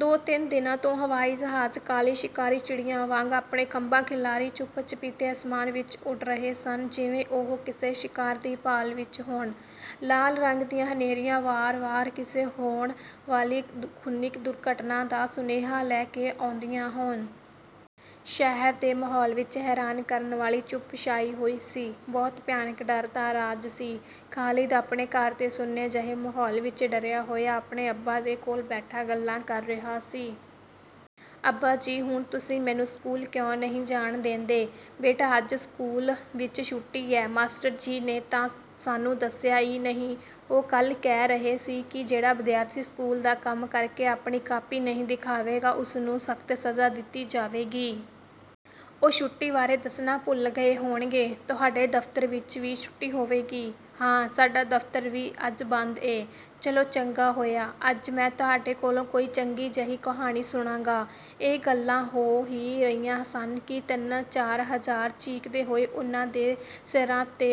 ਦੋ ਤਿੰਨ ਦਿਨਾਂ ਤੋਂ ਹਵਾਈ ਜਹਾਜ਼ ਕਾਲੀ ਸ਼ਿਕਾਰੀ ਚਿੜੀਆਂ ਵਾਂਗ ਆਪਣੇ ਖੰਭ ਖਿਲਾਰੀ ਚੁੱਪ ਚੁਪੀਤੇ ਆਸਮਾਨ ਵਿਚ ਉੱਡ ਰਹੇ ਸਨ ਜਿਵੇਂ ਉਹ ਕਿਸੇ ਸ਼ਿਕਾਰ ਦੀ ਭਾਲ ਵਿਚ ਹੋਣ। ਲਾਲ ਰੰਗ ਦੀਆਂ ਹਨੇਰੀਆਂ ਵਾਰ ਵਾਰ ਕਿਸੇ ਹੋਣ ਵਾਲੀ ਖ਼ੂਨੀ ਦੁਰਘਟਨਾ ਦਾ ਸੁਨੇਹਾ ਲੈ ਕੇ ਆਉਂਦੀਆਂ ਹੋਣ। ਸ਼ਹਿਰ ਦੇ ਮਾਹੌਲ ਵਿਚ ਹੈਰਾਨ ਕਰਨ ਵਾਲੀ ਚੁੱਪ ਛਾਈ ਹੋਈ ਸੀ। ਬਹੁਤ ਭਿਆਨਕ ਡਰ ਦਾ ਰਾਜ ਸੀ। ਖ਼ਾਲਿਦ ਆਪਣੇ ਘਰ ਦੇ ਸੁੰਨੇ ਜਿਹੇ ਮਾਹੌਲ ਵਿਚ ਡਰਿਆ ਹੋਇਆ ਆਪਣੇ ਅੱਬਾ ਦੇ ਕੋਲ ਬੈਠਾ ਗੱਲਾਂ ਕਰ ਰਿਹਾ ਸੀ। ਅੱਬਾ ਜੀ ਹੁਣ ਤੁਸੀਂ ਮੈਨੂੰ ਸਕੂਲ ਕਿਉਂ ਨਹੀਂ ਜਾਣ ਦੇਂਦੇ? ਬੇਟਾ ਅੱਜ ਸਕੂਲ ਵਿਚ ਛੁੱਟੀ ਏ। ਮਾਸਟਰ ਜੀ ਨੇ ਤਾਂ ਸਾਨੂੰ ਦੱਸਿਆ ਈ ਨਹੀਂ। ਉਹ ਕੱਲ੍ਹ ਕਹਿ ਰਹੇ ਸੀ ਕਿ ਜਿਹੜਾ ਵਿਦਿਆਰਥੀ ਸਕੂਲ ਦਾ ਕੰਮ ਕਰਕੇ ਆਪਣੀ ਕਾਪੀ ਨਹੀਂ ਦਿਖਾਵੇਗਾ ਓਸ ਨੂੰ ਸਖ਼ਤ ਸਜ਼ਾ ਦਿੱਤੀ ਜਾਵੇਗੀ। ਉਹ ਛੁੱਟੀ ਬਾਰੇ ਦੱਸਣਾ ਭੁੱਲ ਗਏ ਹੋਣਗੇ। ਤੁਹਾਡੇ ਦਫ਼ਤਰ ਵਿਚ ਵੀ ਛੁੱਟੀ ਹੋਵੇਗੀ? ਹਾਂ, ਸਾਡਾ ਦਫ਼ਤਰ ਵੀ ਅੱਜ ਬੰਦ ਏ। ਚਲੋ ਚੰਗਾ ਹੋਇਆ। ਅੱਜ ਮੈਂ ਤੁਹਾਡੇ ਕੋਲੋਂ ਕੋਈ ਚੰਗੀ ਜਿਹੀ ਕਹਾਣੀ ਸੁਣਾਂਗਾ। ਇਹ ਗੱਲਾਂ ਹੋ ਈ ਰਹੀਆਂ ਸਨ ਕਿ ਤਿੰਨ ਚਾਰ ਜਹਾਜ਼ ਚੀਕਦੇ ਹੋਏ ਉਨ੍ਹਾਂ ਦੇ ਸਿਰਾਂ ਦੇ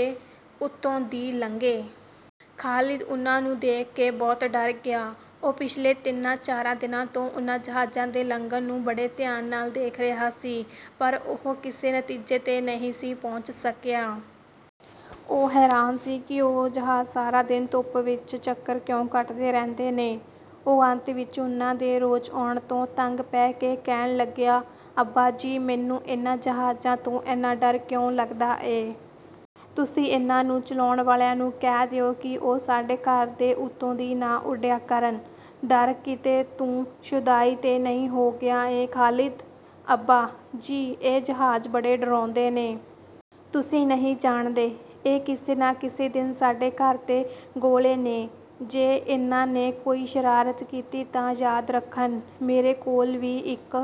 ਉੱਤੋਂ ਦੀ ਲੰਘੇ। ਖ਼ਾਲਿਦ ਉਨ੍ਹਾਂ ਨੂੰ ਦੇਖ ਕੇ ਬਹੁਤ ਡਰ ਗਿਆ। ਉਹ ਪਿਛਲੇ ਤਿੰਨਾਂ ਚਾਰਾਂ ਦਿਨਾਂ ਤੋਂ ਉਨ੍ਹਾਂ ਜਹਾਜ਼ਾਂ ਦੇ ਲੰਘਣ ਨੂੰ ਬੜੇ ਧਿਆਨ ਨਾਲ ਦੇਖ ਰਿਹਾ ਸੀ ਪਰ ਉਹ ਕਿਸੇ ਨਤੀਜੇ ਤੇ ਨਹੀਂ ਸੀ ਪਹੁੰਚ ਸਕਿਆ। ਉਹ ਹੈਰਾਨ ਸੀ ਕਿ ਉਹ ਜਹਾਜ਼ ਸਾਰਾ ਦਿਨ ਧੁੱਪ ਵਿਚ ਚੱਕਰ ਕਿਉਂ ਕੱਟਦੇ ਰਹਿੰਦੇ ਨੇ? ਉਹ ਅੰਤ ਵਿਚ ਉਨ੍ਹਾਂ ਦੇ ਰੋਜ਼ ਆਉਣ ਤੋਂ ਤੰਗ ਪੈ ਕੇ ਕਹਿਣ ਲੱਗਿਆ ਅੱਬਾ ਜੀ ਮੈਨੂੰ ਇਨ੍ਹਾਂ ਜਹਾਜ਼ਾਂ ਤੋਂ ਏਨਾ ਡਰ ਕਿਉਂ ਲੱਗਦਾ ਏ? ਤੁਸੀਂ ਇਨ੍ਹਾਂ ਨੂੰ ਚਲਾਉਣ ਵਾਲਿਆਂ ਨੂੰ ਕਹਿ ਦਿਓ ਕਿ ਉਹ ਸਾਡੇ ਘਰ ਦੇ ਉੱਤੋਂ ਦੀ ਨਾ ਉੱਡਿਆ ਕਰਨ। ਡਰ ਕਿਤੇ ਤੂੰ ਸ਼ੁਦਾਈ ਤੇ ਨਹੀਂ ਹੋ ਗਿਆ ਏਂ ਖ਼ਾਲਿਦ? ਅੱਬਾ ਜੀ ਇਹ ਜਹਾਜ਼ ਬੜੇ ਡਰਾਉਂਦੇ ਨੇ। ਤੁਸੀਂ ਨਹੀਂ ਜਾਣਦੇ, ਇਹ ਕਿਸੇ ਨਾ ਕਿਸੇ ਦਿਨ ਸਾਡੇ ਘਰ ਤੇ ਗੋਲੇ ਨੇ। ਜੇ ਇਨ੍ਹਾਂ ਨੇ ਕੋਈ ਸ਼ਰਾਰਤ ਕੀਤੀ ਤਾਂ ਯਾਦ ਰੱਖਣ, ਮੇਰੇ ਕੋਲ ਵੀ ਇਕ